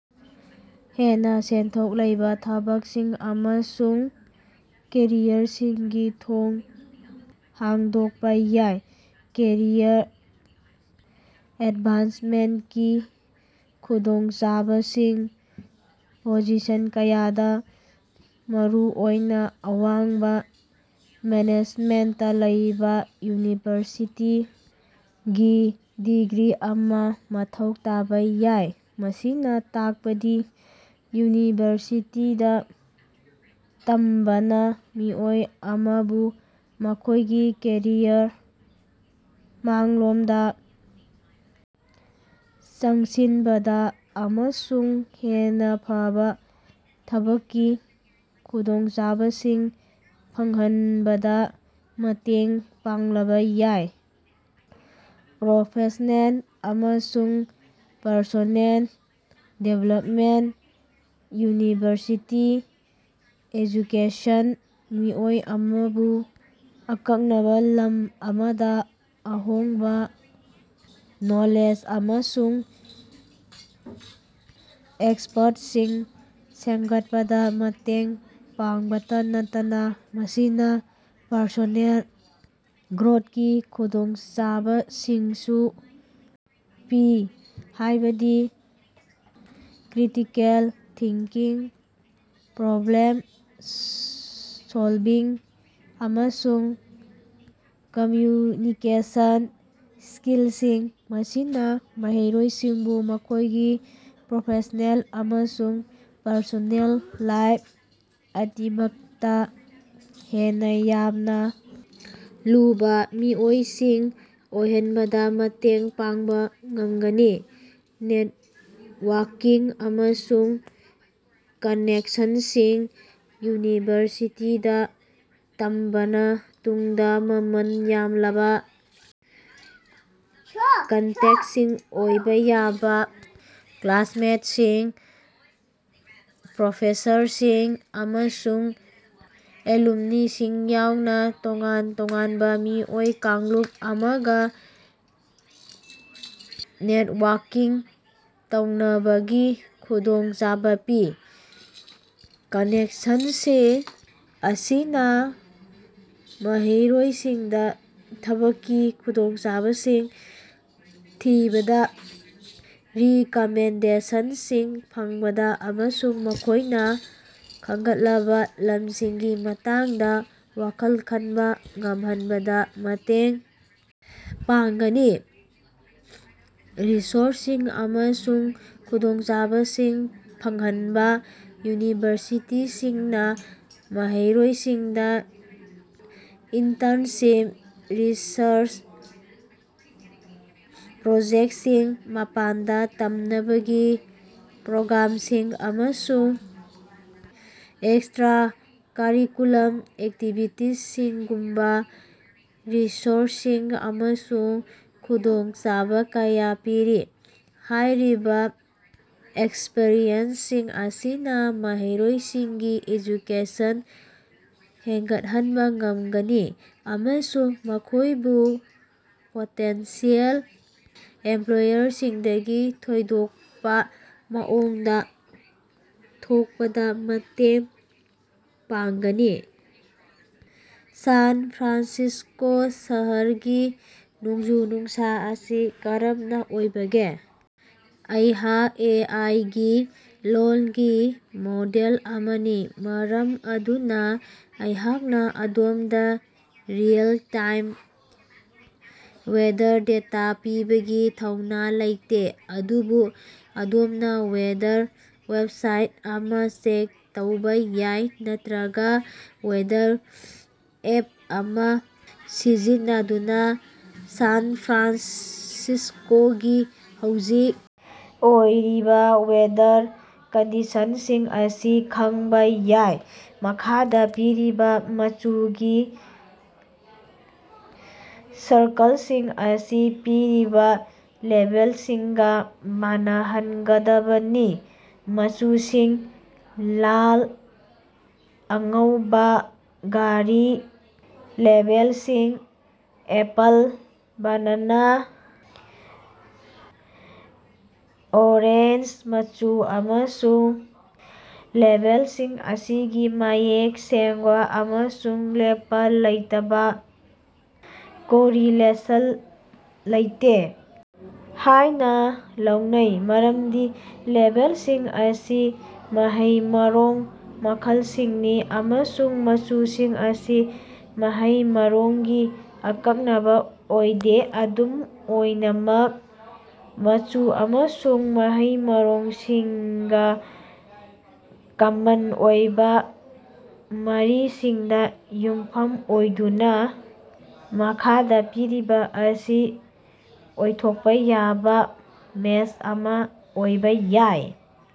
ꯍꯦꯟꯅ ꯁꯦꯟꯊꯣꯛ ꯂꯩꯕ ꯊꯕꯛꯁꯤꯡ ꯑꯃꯁꯨꯡ ꯀꯦꯔꯤꯌꯔꯁꯤꯡꯒꯤ ꯊꯣꯡ ꯍꯥꯡꯗꯣꯛꯄ ꯌꯥꯏ꯫ ꯀꯦꯔꯤꯌꯔ ꯑꯦꯗꯚꯥꯟꯁꯃꯦꯟꯠꯀꯤ ꯈꯨꯗꯣꯡꯆꯥꯕꯁꯤꯡ: ꯄꯣꯖꯤꯁꯟ ꯀꯌꯥꯗ, ꯃꯔꯨꯑꯣꯏꯅ ꯑꯋꯥꯡꯕ ꯃꯦꯅꯦꯖꯃꯦꯟꯇꯇ ꯂꯩꯕ, ꯌꯨꯅꯤꯚꯔꯁꯤꯇꯤꯒꯤ ꯗꯤꯒ꯭ꯔꯤ ꯑꯃ ꯃꯊꯧ ꯇꯥꯕ ꯌꯥꯏ꯫ ꯃꯁꯤꯅ ꯇꯥꯛꯄꯗꯤ ꯌꯨꯅꯤꯚꯔꯁꯤꯇꯤꯗ ꯇꯝꯕꯅ ꯃꯤꯑꯣꯏ ꯑꯃꯕꯨ ꯃꯈꯣꯏꯒꯤ ꯀꯦꯔꯤꯌꯔꯗ ꯃꯥꯡꯂꯣꯝꯗ ꯆꯪꯁꯤꯟꯕꯗ ꯑꯃꯁꯨꯡ ꯍꯦꯟꯅ ꯐꯕ ꯊꯕꯛꯀꯤ ꯈꯨꯗꯣꯡꯆꯥꯕꯁꯤꯡ ꯐꯪꯍꯟꯕꯗ ꯃꯇꯦꯡ ꯄꯥꯡꯂꯕ ꯌꯥꯏ꯫ ꯄ꯭ꯔꯣꯐꯦꯁ꯭ꯅꯦꯜ ꯑꯃꯁꯨꯡ ꯄꯔꯁꯣꯅꯦꯜ ꯗꯤꯚꯦꯂꯄꯃꯦꯟꯠ: ꯌꯨꯅꯤꯚꯔꯁꯤꯇꯤ ꯑꯦꯖꯨꯀꯦꯁꯟꯅ ꯃꯤꯑꯣꯏ ꯑꯃꯕꯨ ꯑꯀꯛꯅꯕ ꯂꯝ ꯑꯃꯗ ꯑꯍꯣꯡꯕ ꯅꯣꯂꯦꯖ ꯑꯃꯁꯨꯡ ꯑꯦꯛꯁꯄ꯭ꯔꯠꯁꯤꯡ ꯁꯦꯝꯒꯠꯄꯗ ꯃꯇꯦꯡ ꯄꯥꯡꯕꯇ ꯅꯠꯇꯅ, ꯃꯁꯤꯅ ꯄꯔꯁꯣꯅꯦꯜ ꯒ꯭ꯔꯣꯊꯀꯤ ꯈꯨꯗꯣꯡꯆꯥꯕꯁꯤꯡꯁꯨ ꯄꯤ, ꯍꯥꯏꯕꯗꯤ ꯀ꯭ꯔꯤꯇꯤꯀꯦꯜ ꯊꯤꯡꯀꯤꯡ, ꯄ꯭ꯔꯣꯕ꯭ꯂꯦꯝ ꯁꯣꯜꯚꯤꯡ, ꯑꯃꯁꯨꯡ ꯀꯝꯃ꯭ꯌꯨꯅꯤꯀꯦꯁꯟ ꯁ꯭ꯀꯤꯂꯁꯤꯡ꯫ ꯃꯁꯤꯅ ꯃꯍꯩꯔꯣꯏꯁꯤꯡꯕꯨ ꯃꯈꯣꯏꯒꯤ ꯄ꯭ꯔꯣꯐꯦꯁ꯭ꯅꯦꯜ ꯑꯃꯁꯨꯡ ꯄꯔꯁꯣꯅꯦꯜ ꯂꯥꯏꯐ ꯑꯅꯤꯃꯛꯇ ꯍꯦꯟꯅ ꯌꯥꯝꯅ ꯂꯨꯕ ꯃꯤꯑꯣꯏꯁꯤꯡ ꯑꯣꯏꯍꯟꯕꯗ ꯃꯇꯦꯡ ꯄꯥꯡꯕ ꯉꯃꯒꯅꯤ꯫ ꯅꯦꯠꯋꯥꯔꯀꯤꯡ ꯑꯃꯁꯨꯡ ꯀꯅꯦꯛꯁꯟꯁꯤꯡ: ꯌꯨꯅꯤꯚꯔꯁꯤꯇꯤꯗ ꯇꯝꯕꯅ ꯇꯨꯡꯗ ꯃꯃꯜ ꯌꯥꯝꯂꯕ ꯀꯟꯇꯦꯛꯁꯤꯡ ꯑꯣꯏꯕ ꯌꯥꯕ ꯀ꯭ꯂꯥꯁꯃꯦꯠꯁꯤꯡ, ꯄ꯭ꯔꯣꯐꯦꯁꯔꯁꯤꯡ, ꯑꯃꯁꯨꯡ ꯑꯦꯂꯨꯝꯅꯤꯁꯤꯡ ꯌꯥꯎꯅ ꯇꯣꯉꯥꯟ-ꯇꯣꯉꯥꯟꯕ ꯃꯤꯑꯣꯏ ꯀꯥꯡꯂꯨꯞ ꯑꯃꯒ ꯅꯦꯠꯋꯥꯔꯀꯤꯡ ꯇꯧꯅꯕꯒꯤ ꯈꯨꯗꯣꯡꯆꯥꯕ ꯄꯤ꯫ ꯀꯅꯦꯛꯁꯟꯁꯤꯡ ꯑꯁꯤꯅ ꯃꯍꯩꯔꯣꯏꯁꯤꯡꯗꯥ ꯊꯕꯛꯀꯤ ꯈꯨꯗꯣꯡꯆꯥꯕꯁꯤꯡ ꯊꯤꯕꯗ, ꯔꯤꯀꯃꯦꯟꯗꯦꯁꯟꯁꯤꯡ ꯐꯪꯕꯗ ꯑꯃꯁꯨꯡ ꯃꯈꯣꯏꯅ ꯈꯪꯒꯠꯂꯕ ꯂꯝꯁꯤꯡꯒꯤ ꯃꯇꯥꯡꯗ ꯋꯥꯈꯜ ꯈꯟꯕ ꯉꯝꯍꯟꯕꯗ ꯃꯇꯦꯡ ꯄꯥꯡꯒꯅꯤ꯫ ꯔꯤꯁꯣꯔ꯭ꯁꯁꯤꯡ ꯑꯃꯁꯨꯡ ꯈꯨꯗꯣꯡꯆꯥꯕꯁꯤꯡ ꯐꯪꯍꯟꯕ ꯌꯨꯅꯤꯚꯔꯁꯤꯇꯤꯁꯤꯡꯅ ꯃꯍꯩꯔꯣꯏꯁꯤꯡꯗ ꯏꯟꯇꯔꯅꯁꯤꯞ, ꯔꯤꯁꯔꯆ ꯄ꯭ꯔꯣꯖꯦꯛꯇꯁꯤꯡ, ꯃꯄꯥꯟꯗ ꯇꯝꯅꯕꯒꯤ ꯄ꯭ꯔꯣꯒ꯭ꯔꯥꯝꯁꯤꯡ, ꯑꯃꯁꯨꯡ ꯑꯦꯛꯁꯇ꯭ꯔꯥꯀꯔꯤꯀꯨꯂꯔ ꯑꯦꯛꯇꯤꯕꯤꯇꯤꯁꯤꯡꯒꯨꯝꯕ ꯔꯤꯁꯣꯔ꯭ꯁꯁꯤꯡ ꯑꯃꯁꯨꯡ ꯈꯨꯗꯣꯡꯆꯥꯕ ꯀꯌꯥ ꯄꯤꯔꯤ꯫ ꯍꯥꯏꯔꯤꯕ ꯑꯦꯛꯁꯄꯔꯤꯌꯦꯟꯁꯁꯤꯡ ꯑꯁꯤꯅ ꯃꯍꯩꯔꯣꯏꯁꯤꯡꯒꯤ ꯑꯦꯖꯨꯀꯦꯁꯟ ꯍꯦꯡꯒꯠꯍꯟꯕ ꯉꯝꯒꯅꯤ ꯑꯃꯁꯨꯡ ꯃꯈꯣꯏꯕꯨ ꯄꯣꯇꯦꯟꯁꯤꯌꯦꯜ ꯏꯝꯄ꯭ꯂꯣꯌꯔꯁꯤꯡꯗꯒꯤ ꯊꯣꯏꯗꯣꯛꯄ ꯃꯑꯣꯡꯗ ꯊꯣꯛꯄꯗ ꯃꯇꯦꯡ ꯄꯥꯡꯒꯅꯤ꯫ ꯁꯥꯟ ꯐ꯭ꯔꯥꯟꯁꯤꯁ꯭ꯀꯣ ꯁꯍꯔꯒꯤ ꯅꯣꯡꯖꯨ-ꯅꯨꯡꯁꯥ ꯑꯁꯤ ꯀꯔꯝꯅ ꯑꯣꯏꯕꯒꯦ? ꯑꯩꯍꯥꯛ ꯑꯦ. ꯑꯥꯏ. ꯒꯤ ꯂꯣꯜꯒꯤ ꯃꯣꯗꯦꯜ ꯑꯃꯅꯤ, ꯃꯔꯝ ꯑꯗꯨꯅ ꯑꯩꯍꯥꯛꯅ ꯑꯗꯣꯝꯗ ꯔꯤꯑꯦꯜ-ꯇꯥꯏꯝ ꯋꯦꯗꯔ ꯗꯦꯇꯥ ꯄꯤꯕꯒꯤ ꯊꯧꯅꯥ ꯂꯩꯇꯦ, ꯑꯗꯨꯕꯨ ꯑꯗꯣꯝꯅ ꯋꯦꯗꯔ ꯋꯦꯕꯁꯥꯏꯠ ꯑꯃ ꯆꯦꯛ ꯇꯧꯕ ꯌꯥꯏ ꯅꯠꯇꯔꯒ ꯋꯦꯗꯔ ꯑꯦꯞ ꯑꯃ ꯁꯤꯖꯤꯟꯅꯗꯨꯅ ꯁꯥꯟ ꯐ꯭ꯔꯥꯟꯁꯤꯁ꯭ꯀꯣꯒꯤ ꯍꯧꯖꯤꯛ ꯑꯣꯏꯔꯤꯕ ꯋꯦꯗꯔ ꯀꯟꯗꯤꯁꯟꯁꯤꯡ ꯑꯁꯤ ꯈꯪꯕ ꯌꯥꯏ꯫ ꯃꯈꯥꯗꯥ ꯄꯤꯔꯤꯕ ꯃꯆꯨꯒꯤ ꯁꯔꯀꯜꯁꯤꯡ ꯑꯁꯤ ꯄꯤꯔꯤꯕ ꯂꯦꯕꯦꯜꯁꯤꯡꯒ ꯃꯥꯟꯅꯍꯟꯒꯗꯕꯅꯤ꯫ ꯃꯆꯨꯁꯤꯡ: ꯂꯥꯜ, ꯑꯉꯧꯕꯥ, ꯒꯔꯤ, ꯂꯦꯕꯦꯜꯁꯤꯡ: ꯑꯦꯄꯜ, ꯕꯅꯥꯅꯥ, ꯑꯣꯔꯦꯟꯖ꯫ ꯃꯆꯨ ꯑꯃꯁꯨꯡ ꯂꯦꯕꯦꯜꯁꯤꯡ ꯑꯁꯤꯒꯤ ꯃꯌꯦꯛ ꯁꯦꯡꯕ ꯑꯃꯁꯨꯡ ꯂꯦꯞꯄ ꯂꯩꯇꯕ ꯀꯣꯔꯤꯂꯦꯁꯟ ꯂꯩꯇꯦ ꯍꯥꯏꯅ ꯂꯧꯅꯩ, ꯃꯔꯝꯗꯤ ꯂꯦꯕꯦꯜꯁꯤꯡ ꯑꯁꯤ ꯃꯍꯩ ꯃꯔꯣꯡ ꯃꯈꯜꯁꯤꯡꯅꯤ ꯑꯃꯁꯨꯡ ꯃꯆꯨꯁꯤꯡ ꯑꯁꯤ ꯃꯍꯩ-ꯃꯔꯣꯡꯒꯤ ꯑꯀꯛꯅꯕ ꯑꯣꯏꯗꯦ꯫ ꯑꯗꯨꯝ ꯑꯣꯏꯅꯃꯛ, ꯃꯆꯨ ꯑꯃꯁꯨꯡ ꯃꯍꯩ-ꯃꯔꯣꯡꯁꯤꯡꯒ ꯀꯃꯟ ꯑꯣꯏꯕ ꯃꯔꯤꯁꯤꯡꯗ ꯌꯨꯝꯐꯝ ꯑꯣꯏꯗꯨꯅ, ꯃꯈꯥꯗ ꯄꯤꯔꯤꯕ ꯑꯁꯤ ꯑꯣꯏꯊꯣꯛꯄ ꯌꯥꯕ ꯃꯦꯆ ꯑꯃ ꯑꯣꯏꯕꯥ ꯌꯥꯏ: